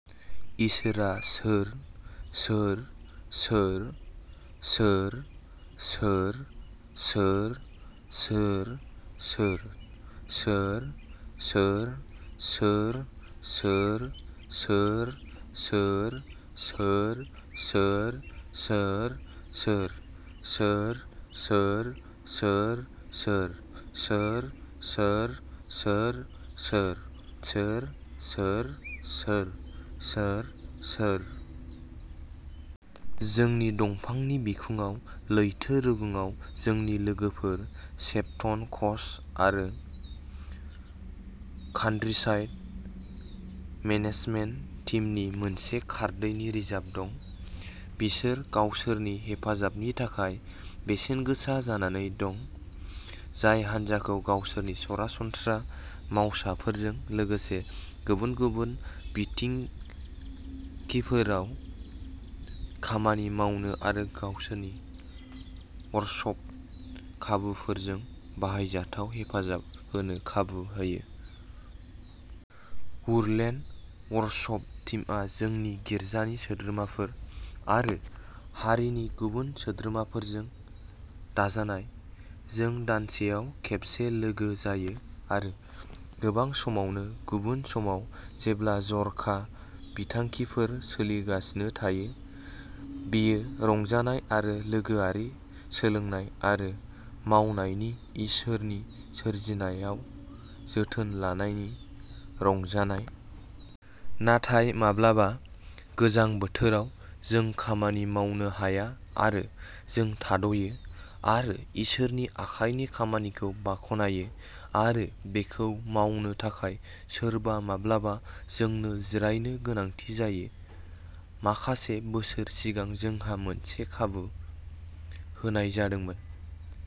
इशोरआ सोर सोर सोर सोर सोर सोर सोर सोर सोर सोर सोर सोर सोर सोर सोर सोर सोर सोर सोर सोर सोर सोर सोर सोर सोर सोर सोर सोर सोर सोर सोर सोर जोंनि दंफांनि बिखुङाव लैथो रुगुंआव जोंनि लोगोफोर, सेफटन क'स्ट आरो कान्ट्रिसाइड मेनेजमेन्ट टीमनि मोनसे खारदैनि रिजार्भ दं। बिसोर गावसोरनि हेफाजाबनि थाखाय बेसेनगोसा जानानै दं, जाय हान्जाखौ गावसोरनि सरासनस्रा मावसाफोरजों लोगोसे गुबुन गुबुन बिथिंखिफोराव खामानि मावनो आरो गावसोरनि वर्कसप खाबुफोरजों बाहायजाथाव हेफाजाब होनो खाबु होयो। वुडलेन्ड वर्कसप टीमआ जोंनि गिर्जानि सोद्रोमाफोर आरो हारिनि गुबुन सोद्रोमाफोरजों दाजानाय। जों दानसेयाव खेबसे लोगो जायो आरो गोबां समावनो गुबुन समाव जेब्ला जर'खा बिथांखिफोर सोलिगासिनो थायो। बेयो रंजानाय आरो लोगोआरि, सोलोंनाय आरो मावनायनि, इसोरनि सोरजिनायाव जोथोन लानायनि रंजानाय। नाथाय, माब्लाबा, गोजां बोथोराव, जों खामानि मावनो हाया आरो जों थाद'यो आरो इसोरनि आखाइनि खामानिखौ बाख्नायो। आरो बेखौ मावनो थाखाय सोरबा! माब्लाबा जोंनो जिरायनो गोनांथि जायो! माखासे बोसोर सिगां जोंहा मोनसे खाबु होनाय जादोंमोन।